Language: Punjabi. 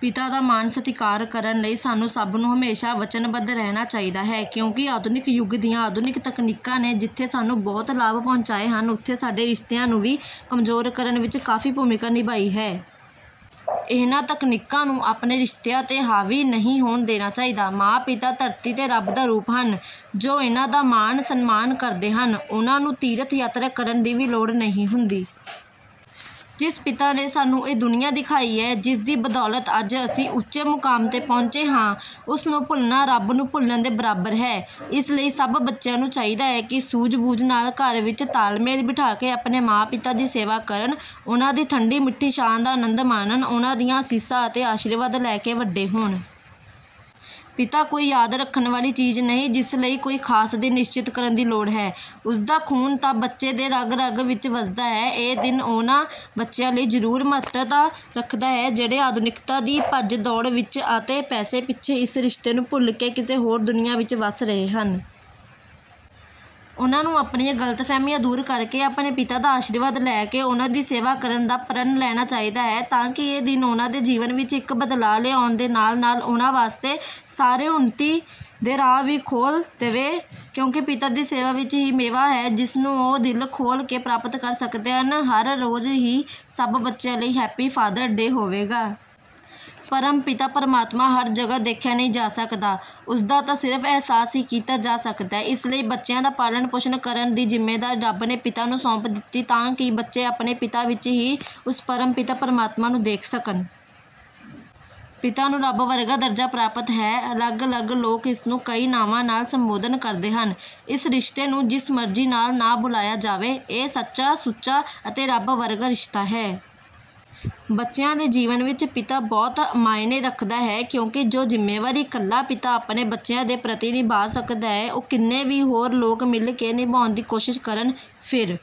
ਪਿਤਾ ਦਾ ਮਾਣ ਸਤਿਕਾਰ ਕਰਨ ਲਈ ਸਾਨੂੰ ਸਭ ਨੂੰ ਹਮੇਸ਼ਾ ਵਚਨਬੱਧ ਰਹਿਣਾ ਚਾਹੀਦਾ ਹੈ ਕਿਉਂਕਿ ਆਧੁਨਿਕ ਯੁੱਗ ਦੀਆਂ ਆਧੁਨਿਕ ਤਕਨੀਕਾਂ ਨੇ ਜਿੱਥੇ ਸਾਨੂੰ ਬਹੁਤ ਲਾਭ ਪਹੁੰਚਾਏ ਹਨ ਉੱਥੇ ਸਾਡੇ ਰਿਸ਼ਤਿਆਂ ਨੂੰ ਵੀ ਕਮਜ਼ੋਰ ਕਰਨ ਵਿੱਚ ਕਾਫੀ ਭੂਮਿਕਾ ਨਿਭਾਈ ਹੈ। ਇਨ੍ਹਾਂ ਤਕਨੀਕਾਂ ਨੂੰ ਆਪਣੇ ਰਿਸ਼ਤਿਆਂ ਤੇ ਹਾਵੀ ਨਹੀਂ ਹੋਣ ਦੇਣਾ ਚਾਹੀਦਾ। ਮਾਂ ਪਿਤਾ ਧਰਤੀ ਤੇ ਰੱਬ ਦਾ ਰੂਪ ਹਨ ਜੋ ਇਨ੍ਹਾਂ ਦਾ ਮਾਣ ਸਨਮਾਨ ਕਰਦੇ ਹਨ ਉਨ੍ਹਾਂ ਨੂੰ ਤੀਰਥ ਯਾਤਰਾ ਕਰਨ ਦੀ ਵੀ ਲੋੜ ਨਹੀਂ ਹੁੰਦੀ। ਜਿਸ ਪਿਤਾ ਨੇ ਸਾਨੂੰ ਇਹ ਦੁਨੀਆ ਦਿਖਾਈ ਹੈ ਜਿਸ ਦੀ ਬਦੌਲਤ ਅੱਜ ਅਸੀਂ ਉੱਚੇ ਮੁਕਾਮ ਤੇ ਪਹੁੰਚੇ ਹਾਂ ਉਸ ਨੂੰ ਭੁੱਲਣਾ ਰੱਬ ਨੂੰ ਭੁੱਲਣ ਦੇ ਬਰਾਬਰ ਹੈ। ਇਸ ਲਈ ਸਭ ਬੱਚਿਆਂ ਨੂੰ ਚਾਹੀਦਾ ਹੈ ਕਿ ਸੂਝ ਬੂਝ ਨਾਲ ਘਰ ਵਿੱਚ ਤਾਲਮੇਲ ਬਿਠਾ ਕੇ ਆਪਣੇ ਮਾਂ ਪਿਤਾ ਦੀ ਸੇਵਾ ਕਰਨ ਉਨ੍ਹਾਂ ਦੀ ਠੰਢੀ ਮਿੱਠੀ ਛਾਂ ਦਾ ਅਨੰਦ ਮਾਣਨ ਉਨ੍ਹਾਂ ਦੀਆਂ ਅਸੀਸਾਂ ਅਤੇ ਅਸ਼ੀਰਵਾਦ ਲੈ ਕੇ ਵੱਡੇ ਹੋਣ। ਪਿਤਾ ਕੋਈ ਯਾਦ ਰੱਖਣ ਵਾਲੀ ਚੀਜ਼ ਨਹੀਂ ਜਿਸ ਲਈ ਕੋਈ ਖਾਸ ਦਿਨ ਨਿਸ਼ਚਿਤ ਕਰਨ ਦੀ ਲੋੜ ਹੈ ਉਸ ਦਾ ਖੂਨ ਤਾਂ ਬੱਚੇ ਦੀ ਰਗ ਰਗ ਵਿੱਚ ਵਸਦਾ ਹੈ। ਇਹ ਦਿਨ ਉਨ੍ਹਾਂ ਬੱਚਿਆਂ ਲਈ ਜ਼ਰੂਰ ਮਹੱਤਤਾ ਰੱਖਦਾ ਹੈ ਜਿਹੜੇ ਆਧੁਨਿਕਤਾ ਦੀ ਭੱਜ ਦੌੜ ਵਿੱਚ ਅਤੇ ਪੈਸੇ ਪਿੱਛੇ ਇਸ ਰਿਸ਼ਤੇ ਨੂੰ ਭੁੱਲ ਕੇ ਕਿਸੇ ਹੋਰ ਦੁਨੀਆ ਵਿੱਚ ਵਸ ਰਹੇ ਹਨ। ਉਨ੍ਹਾਂ ਨੂੰ ਆਪਣੀਆਂ ਗਲਤਫਹਿਮੀਆਂ ਦੂਰ ਕਰਕੇ ਆਪਣੇ ਪਿਤਾ ਦਾ ਅਸ਼ੀਰਵਾਦ ਲੈ ਕੇ ਉਨ੍ਹਾਂ ਦੀ ਸੇਵਾ ਕਰਨ ਦਾ ਪ੍ਰਣ ਲੈਣਾ ਚਾਹੀਦਾ ਹੈ ਤਾਂ ਕਿ ਇਹ ਦਿਨ ਉਨ੍ਹਾਂ ਦੇ ਜੀਵਨ ਵਿੱਚ ਇੱਕ ਬਦਲਾਅ ਲਿਆਉਣ ਦੇ ਨਾਲ ਨਾਲ ਉਨ੍ਹਾਂ ਵਾਸਤੇ ਸਾਰੇ ਉੱਨਤੀ ਦੇ ਰਾਹ ਵੀ ਖੋਲ੍ਹ ਦੇਵੇ ਕਿਉਂਕਿ ਪਿਤਾ ਦੀ ਸੇਵਾ ਵਿੱਚ ਹੀ ਮੇਵਾ ਹੈ ਜਿਸ ਨੂੰ ਉਹ ਦਿਲ ਖੋਲ੍ਹ ਕੇ ਪ੍ਰਾਪਤ ਕਰ ਸਕਦੇ ਹਨ ਤਾਂ ਹਰ ਰੋਜ਼ ਹੀ ਸਭ ਬੱਚਿਆਂ ਲਈ ਹੈਪੀ ਫਾਦਰ ਡੇ ਹੋਵੇਗਾ। ਪਰਮ ਪਿਤਾ ਪਰਮਾਤਮਾ ਹਰ ਜਗ੍ਹਾ ਦੇਖਿਆ ਨਹੀਂ ਜਾ ਸਕਦਾ ਉਸ ਦਾ ਤਾਂ ਸਿਰਫ ਅਹਿਸਾਸ ਹੀ ਕੀਤਾ ਜਾ ਸਕਦਾ ਹੈ। ਇਸ ਲਈ ਬੱਚਿਆਂ ਦਾ ਪਾਲਣ ਪੋਸ਼ਣ ਕਰਨ ਦੀ ਜ਼ਿੰਮੇਵਾਰੀ ਰੱਬ ਨੇ ਪਿਤਾ ਨੂੰ ਸੌਂਪ ਦਿੱਤੀ ਤਾਂ ਕਿ ਬੱਚੇ ਆਪਣੇ ਪਿਤਾ ਵਿੱਚ ਹੀ ਉਸ ਪਰਮ ਪਿਤਾ ਪਰਮਾਤਮਾ ਨੂੰ ਦੇਖ ਸਕਣ। ਪਿਤਾ ਨੂੰ ਰੱਬ ਵਰਗਾ ਦਰਜਾ ਪ੍ਰਾਪਤ ਹੈ। ਅਲੱਗ ਅਲੱਗ ਲੋਕ ਇਸ ਨੂੰ ਕਈ ਨਾਵਾਂ ਨਾਲ ਸੰਬੋਧਨ ਕਰਦੇ ਹਨ। ਇਸ ਰਿਸ਼ਤੇ ਨੂੰ ਜਿਸ ਮਰਜ਼ੀ ਨਾਂ ਨਾਲ ਬੁਲਾਇਆ ਜਾਵੇ ਇਹ ਸੱਚਾ ਸੁੱਚਾ ਅਤੇ ਰੱਬ ਵਰਗਾ ਰਿਸ਼ਤਾ ਹੈ। ਬੱਚਿਆਂ ਦੇ ਜੀਵਨ ਵਿੱਚ ਪਿਤਾ ਬਹੁਤ ਮਾਅਨੇ ਰੱਖਦਾ ਹੈ ਕਿਉਂਕਿ ਜੋ ਜ਼ਿੰਮੇਵਾਰੀ ਇਕੱਲਾ ਪਿਤਾ ਆਪਣੇ ਬੱਚਿਆਂ ਦੇ ਪ੍ਰਤੀ ਨਿਭਾ ਸਕਦਾ ਹੈ ਉਹ ਕਿੰਨੇ ਵੀ ਹੋਰ ਲੋਕ ਮਿਲ ਕੇ ਨਿਭਾਉਣ ਦੀ ਕੋਸ਼ਿਸ਼ ਕਰਨ ਫਿਰ